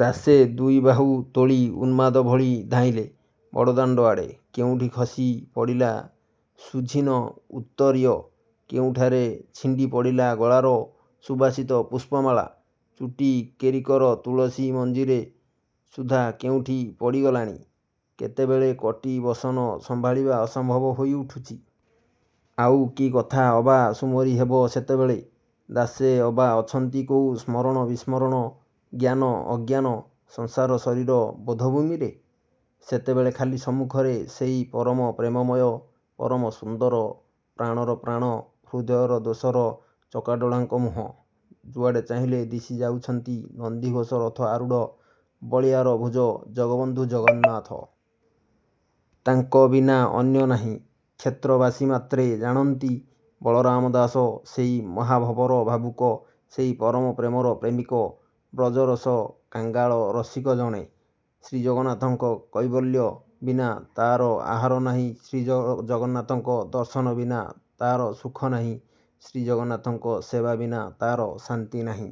ଦାସେ ଦୁଇବାହୁ ତୋଳି ଉନ୍ମାଦ ଭଳି ଧାଇଁଲେ ବଡ଼ଦାଣ୍ଡ ଆଡ଼େ। କେଉଁଠି ଖସି ପଡ଼ିଲା ସୁଝୀନ ଉତ୍ତରୀୟ। କେଉଁଠାରେ ଛିଣ୍ଡି ପଡ଼ିଲା ଗଳାର ସୁବାସିତ ପୁଷ୍ପମାଳା। ଚୁଟି କେରିକର ତୁଳସୀ ମଞ୍ଜରୀ ସୁଦ୍ଧା କେଉଁଠି ପଡ଼ିଗଲାଣି। କେତେବେଳେ କଟି ବସନ ସମ୍ଭାଳିବା ଅସମ୍ଭବ ହୋଇ ଉଠୁଛି। ଆଉ କି କଥା ଅବା ସୁମରି ହେବ ସେତେବେଳେ? ଦାସେ ଅବା ଅଛନ୍ତି କୋଉ ସ୍ମରଣ ବିସ୍ମରଣ, ଜ୍ଞାନ, ଅଜ୍ଞାନ, ସଂସାର ଶଶୀର-ବୋଧ ଭୂମିରେ? ସେତେବେଳେ ଖାଲି ସମ୍ମୁଖରେ ସେଇ ପରମ ପ୍ରେମମୟ, ପରମ ସୁନ୍ଦର, ପ୍ରାଣର ପ୍ରାଣ ହୃଦୟର ଦୋସର ଚକାଡ଼ୋଳଙ୍କ ମୁହଁ। ଯୁଆଡ଼େ ଚାହିଁଲେ ଦିଶି ଯାଉଛନ୍ତି ନନ୍ଦିଘୋଷ ରଥ ଆରୁଢ଼ ବଳୀୟାର ଭୂଜ ଜଗବନ୍ଧୁ ଜଗନ୍ନାଥ। ତାଙ୍କ ବିନା ଅନ୍ୟ ନାହିଁ। କ୍ଷେତ୍ର ବାସୀ ମାତ୍ରେ ଜାଣନ୍ତି, ବଳରାମ ଦାସ, ସେଇ ମହା ଭବର ଭାବୁକ, ସେଇ ପରମ ପ୍ରେମର ପ୍ରେମିକ, ବ୍ରଜରସ କାଙ୍ଗାଳ ରସିକ ଜଣେ। ଶ୍ରୀ ଜଗନ୍ନାଥଙ୍କ କୈବଲ୍ୟ ବିନା ତା'ର ଆହାର ନାହିଁ ଶ୍ରୀଜଗନ୍ନାଥଙ୍କ ଦର୍ଶନ ବିନା ତା'ର ସୁଖ ନାହିଁ, ଶ୍ରୀ ଜଗନ୍ନାଥଙ୍କ ସେବା ବିନା ତା'ର ଶାନ୍ତି ନାହିଁ।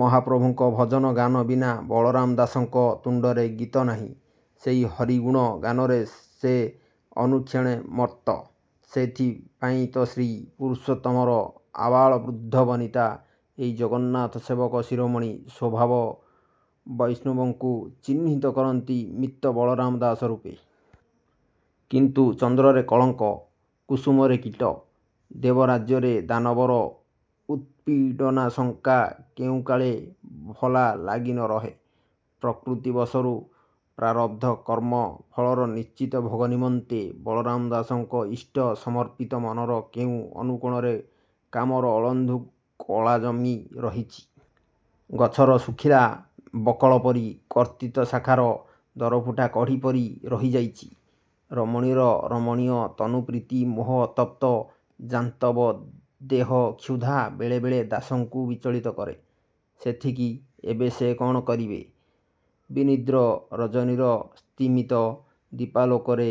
ମହାପ୍ରଭୁଙ୍କ ଭଜନ ଗାନ ବିନା ବଳରାମ ଦାସଙ୍କ ତୁଣ୍ଡରେ ଗୀତ ନାହିଁ। ସେଇ ହରି ଗୁଣ ଗାନରେ ସେ ଅନୁକ୍ଷଣେ ମତ୍ତ। ସେଇଥି ପାଇଁ ତ ଶ୍ରୀ ପୁରୁଷୋତ୍ତମର, ଆବାଳ ବୃଦ୍ଧ ବନିତା, ଏଇ ଜଗନ୍ନାଥ ସେବକ ଶିରୋମଣି ସ୍ୱଭାବ ବୈଷ୍ଣବଙ୍କୁ ଚିହ୍ନିତ କରନ୍ତି ମିତ୍ତ ବଳରାମ ଦାସ ରୂପେ। କିନ୍ତୁ- ଚନ୍ଦ୍ରରେ କଳଙ୍କ, କୁସୁମରେ କୀଟ, ଦେବ ରାଜ୍ୟରେ ଦାନବର ଉତ୍ପୀଡ଼ନାଶଙ୍କା କେଉଁ କାଳେ ଭଲା ଲାଗି ନ ରହେ। ପ୍ରକୃତିବଶରୁ, ପ୍ରାରବ୍ଧ କର୍ମ ଫଳର, ନିଶ୍ଚିତ ଭୋଗ ନିମନ୍ତେ, ବଳରାମ ଦାସଙ୍କ ଇଷ୍ଟ ସମର୍ପିତ ମନର କେଉଁ ଅନୁକୋଣରେ କାମର ଅଳନ୍ଧୁ କଳା ଜମି ରହିଛି। ଗଛର ଶୁଖିଲା ବକଳ ପରି, କର୍ତ୍ତିତ ଶାଖାର ଦରଫୁଟା କଢ଼ି ପରି ରହି ଯାଇଛି। ରମଣୀର ରମଣୀୟ ତନୁ ପ୍ରୀତି ମୋହ ଅତପ୍ତ ଜାନ୍ତବ ଦେହ-କ୍ଷୁଧା ବେଳେବେଳେ ଦାସଙ୍କୁ ବିଚଳିତ କରେ। ସେଥିକି, ଏବେ ସେ କ'ଣ କରିବେ? ବିନିଦ୍ର ରଜନୀର ସ୍ତିମୀତ ଦୀପାଲୋକରେ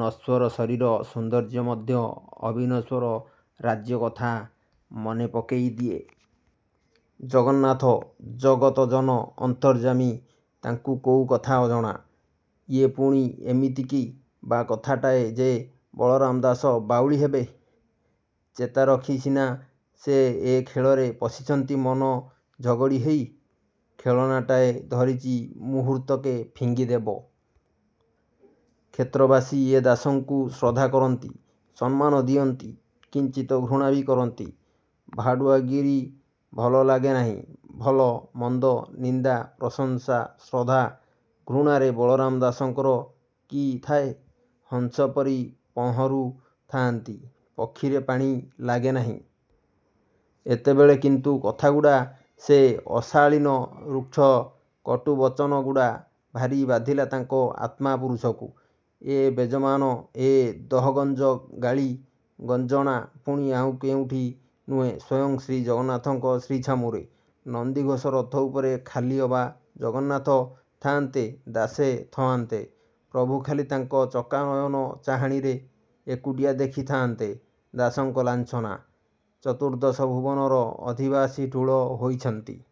ନଶ୍ୱର ଶରୀର ସୌନ୍ଦର୍ଯ୍ୟ ମଧ୍ୟ ଅବିନଶ୍ୱର ରାଜ୍ୟ କଥା ମନେ ପକେଇ ଦିଏ। ଜଗନ୍ନାଥ, ଜଗତ ଜନ ଅନ୍ତର୍ଯ୍ୟାମୀ ତାଙ୍କୁ କୋଉ କଥା ଅଜଣା। ୟେ' ପୁଣି ଏମିତି କି ' ବା କଥାଟାଏ ଯେ, ବଳରାମ ଦାସ ବାଉଳି ହେବେ। ଚେତାରଖି ସିନା, ସେ ଏ ଖେଳରେ ପଶିଛନ୍ତି ମନ ଝଗଡ଼ି ହେଇ, ଖେଳଣାଟାଏ ଧରିଚି ମୁହୂର୍ତ୍ତକେ ଫିଙ୍ଗିଦେବ। କ୍ଷେତ୍ରବାସୀଏ ଦାସଙ୍କୁ ଶ୍ରଦ୍ଧା କରନ୍ତି, ସମ୍ମାନ ଦିଅନ୍ତି, କିଞ୍ଚିତ ଘୃଣା ବି କରନ୍ତି। ଭାଡ଼ୁଆ ଗିରୀ ଭଲ ଲାଗେ ନାହିଁ। ଭଲ, ମନ୍ଦ, ନିନ୍ଦା, ପ୍ରଶଂସା, ଶ୍ରଦ୍ଧା, ଘୃଣାରେ ବଳରାମ ଦାସଙ୍କର କି' ଥାଏ? ହଂସ ପରି ପହଂରୁ ଥାଆନ୍ତି। ପକ୍ଷୀରେ ପାଣି ଲାଗେ ନାହିଁ। ଏତେବେଳେ କିନ୍ତୁ କଥାଗୁଡ଼ା, ସେ ଅଶାଳୀନ, ରୁକ୍ଷ, କଟୁ ବଚନ ଗୁଡ଼ା, ଭାରି ବାଧିଲା ତାଙ୍କ ଆତ୍ମା ପୁରୁଷକୁ। ଏ ବେଜମାନ, ଏ ଦହଗଞ୍ଜ ଗାଳି, ଗଞ୍ଜଣା, ପୁଣି ଆଉ କେଉଁଠି ନୁହେଁ ସ୍ୱୟଂ ଶ୍ରୀ ଜଗନ୍ନାଥଙ୍କ ଶ୍ରୀ ଛାମୁରେ। ନନ୍ଦିଘୋଷ ରଥ ଉପରେ ଖାଲି ଅବା ଜଗନ୍ନାଥ, ଥାଆନ୍ତେ, ଦାସେ ଥଆନ୍ତେ ପ୍ରଭୁ ଖାଲି ତାଙ୍କ ଚକା ନୟନ ଚାହାଣିରେ, ଏକୁଟିଆ ଦେଖି ଥାଆନ୍ତେ ଦାସଙ୍କ ଲାଞ୍ଛନା। ଚତୁର୍ଦ୍ଦଶ ଭୁବନର ଅଧିବାସୀ ଠୁଳ ହୋଇଛନ୍ତି।